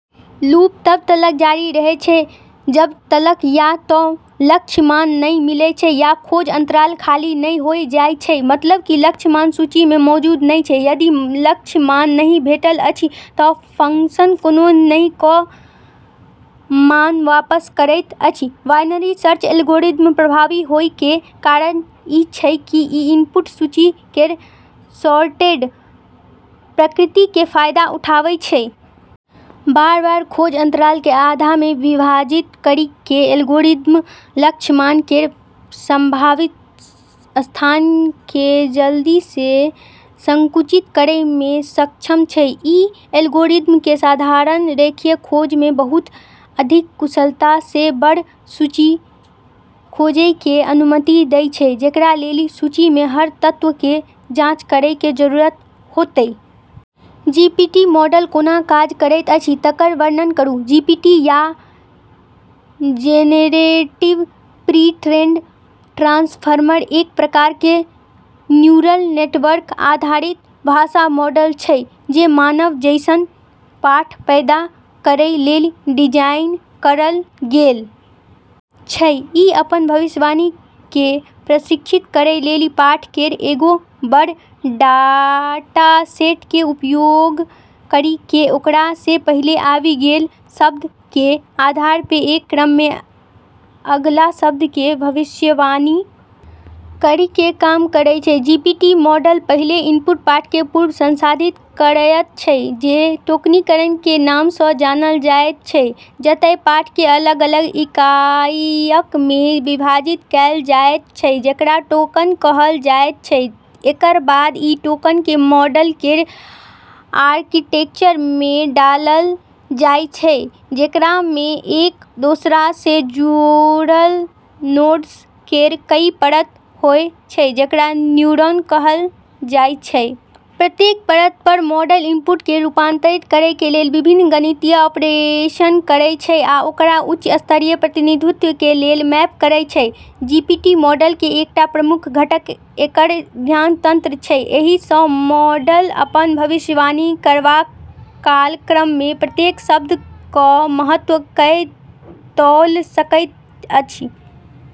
Loop तब तलक जारी रहै छै जब तलक या त लक्ष्य मान नै मिलै छै या खोज अंतराल खाली नै होय जाय छै, मतलब कि लक्ष्य मान सूची मे मौजूद नै छै। यदि लक्ष्य मान नहि भेटल अछि, त फंक्शन कोनो नहि क' मान वापस करैत अछि, बाइनरी सर्च एल्गोरिदम प्रभावी होय के कारण ई छै कि ई इनपुट सूची केरऽ सॉर्टेड प्रकृति के फायदा उठाबै छै। बार-बार खोज अंतराल के आधा मे विभाजित करी के एल्गोरिदम लक्ष्य मान केरऽ संभावित स्थान के जल्दी से संकुचित करै मे सक्षम छै, ई एल्गोरिदम के साधारण रेखीय खोज से बहुत अधिक कुशलता से बड़ऽ सूची खोजै के अनुमति दै छै जेकरा लेली सूची मे हर तत्व के जांच करै के जरूरत होतै। जीपीटी मॉडल कोना काज करैत अछि तकर वर्णन करू, जीपीटी या जेनेरेटिव प्री-ट्रेन्ड ट्रांसफार्मर एक प्रकार के न्यूरल नेटवर्क आधारित भाषा मॉडल छै जे मानव जैसनऽ पाठ पैदा करै लेली डिजाइन करलऽ गेलऽ छै, ई अपनऽ भविष्यवाणी के प्रशिक्षित करै लेली पाठ केरऽ एगो बड़ऽ डाटासेट के उपयोग करी के ओकरा से पहले आबी गेलऽ शब्दऽ के आधार पे एक क्रम मे अगला शब्द के भविष्यवाणी करी के काम करै छै, जीपीटी मॉडल पहिने इनपुट पाठ कें पूर्व-संसाधित करयत छै जे टोकनीकरण कें नाम सं जानल जायत छै, जतय पाठ कें अलग-अलग इकाइयक मे विभाजित कैल जायत छै जेकरा टोकन कहल जायत छै, एकरऽ बाद ई टोकन के मॉडल केरऽ आर्किटेक्चर मे डाललऽ जाय छै जेकरा मे एक दोसरा से जुड़लऽ नोड्स केरऽ कई परत होय छै जेकरा न्यूरॉन कहलऽ जाय छै। प्रत्येक परत पर मॉडल इनपुट कें रूपांतरित करय कें लेल विभिन्न गणितीय ऑपरेशन करय छै आ ओकरा उच्च स्तरीय प्रतिनिधित्व कें लेल मैप करय छै, जीपीटी मॉडल कें एकटा प्रमुख घटक एकर ध्यान तंत्र छै, एहि स मॉडल अपन भविष्यवाणी करबा काल क्रम मे प्रत्येक शब्द क महत्व कए तौल सकैत अछि।